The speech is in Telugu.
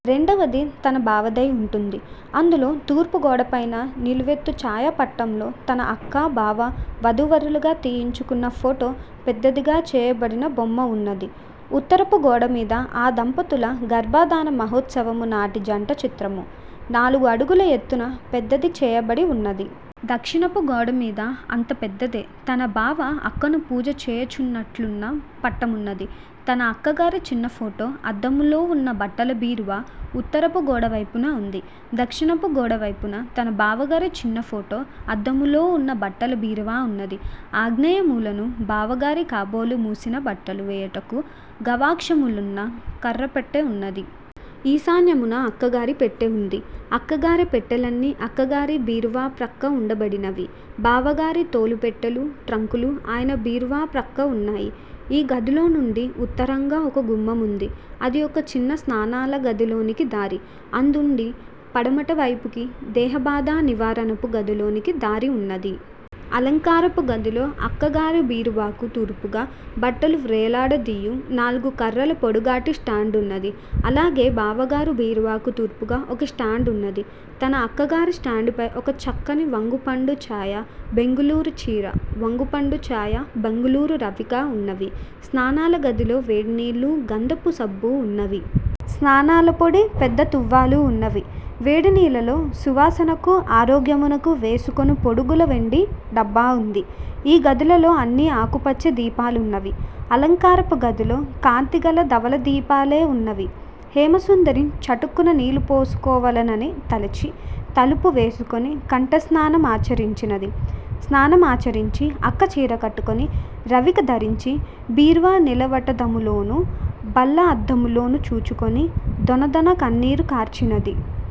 రెండవది తనబావదై ఉంటుంది. అందులో తూర్పు గోడపైన నిలువెత్తు ఛాయాపటంలో తన అక్కా, బావా వధూవరులుగా తీయించుకున్న ఫోటో పెద్దదిగా చేయబడిన బొమ్మ వున్నది. ఉత్తరపు గోడమీద ఆ దంపతుల గర్భాదాన మహోత్సవము నాటి జంట చిత్రము, నాలుగు అడుగుల ఎత్తున పెద్దది చేయబడి వున్నది. దక్షిణపు గోడమీద అంత పెద్దదే తనబావ అక్కను పూజ చేయుచున్నట్లున్న పటమున్నది. తన అక్క్గగారి చిన్నఫోటో అద్దములోవున్న బట్టల బీరువా ఉత్తరపు గోడవైపున వుంది. దక్షిణపు గోడవైపున తన బావగారి చిన్న ఫోటో అద్దములో ఉన్న బట్టల బీరువా ఉన్నది. ఆగ్నేయమూలను బావగారికి కాబోలు మాసినబట్టలు వేయుటకు గవాక్షములున్న కఱ్ఱ పెట్టె ఉన్నది. ఈశాన్యమున అక్కగారి పెట్టె ఉంది. అక్కగారి పెట్టేలన్నీ అక్కగారి బీరువాప్రక్క ఉండబడినవి. బావగారి తోలుపెట్టెలూ, ట్రంకులూ ఆయన బీరువాప్రక్క ఉన్నాయి. ఈ గదిలోనుండి ఉత్తరంగా ఒక గుమ్మం ఉన్నది. అది ఒక చిన్న స్నానాలగదిలోనికి దారి. అందుండి పడమటివైపుకు దేహబాధా నివారణపు గదిలోనికి దారి ఉన్నది. అలంకారపు గదిలో అక్కగారి బీరువాకు తూర్పుగా బట్టలు వ్రేలాడదీయు నాలుగు కఱ్ఱలు పొడుగాటి స్టాండున్నది. అలాగే బావగారి బీరువాకు తూర్పుగా ఒక స్టాండు ఉన్నది. తన అక్కగారి స్టాండుపై ఒక చక్కని వంగుపండు చాయ బెంగుళూరు చీరా, వంగుపండు చాయ బెంగుళూరు రవికా ఉన్నవి. స్నానాలగదిలో వేడినీళ్ళూ, గంధపు సబ్బూ వున్నవి. స్నానాల పొడీ పెద్ద తువాళ్ళూ వున్నవి. వేడినీళ్ళలో సువాసనకూ ఆరోగ్యమునకూ వేసుకొను పొడుగుల వెండి డబ్బా వుంది. ఈ గదులలో అన్నీ ఆకుపచ్చ దీపాలున్నవి. అలంకారపు గదిలో కాంతిగల ధవళదీపాలే వున్నవి. హేమసుందరి చటుక్కున నీళ్ళుపోసుకొవలెనని తలచి, తలుపు వేసుకొని, కంఠస్నావ మాచరించినది. స్నానమాచరించి, అక్క చీరకట్టుకొని, రవిక ధరించి బీరువా నిలువటద్దములోనూ, బల్ల అద్దములోను చూచికొని, దొనదొన కన్నీరు కార్చినది.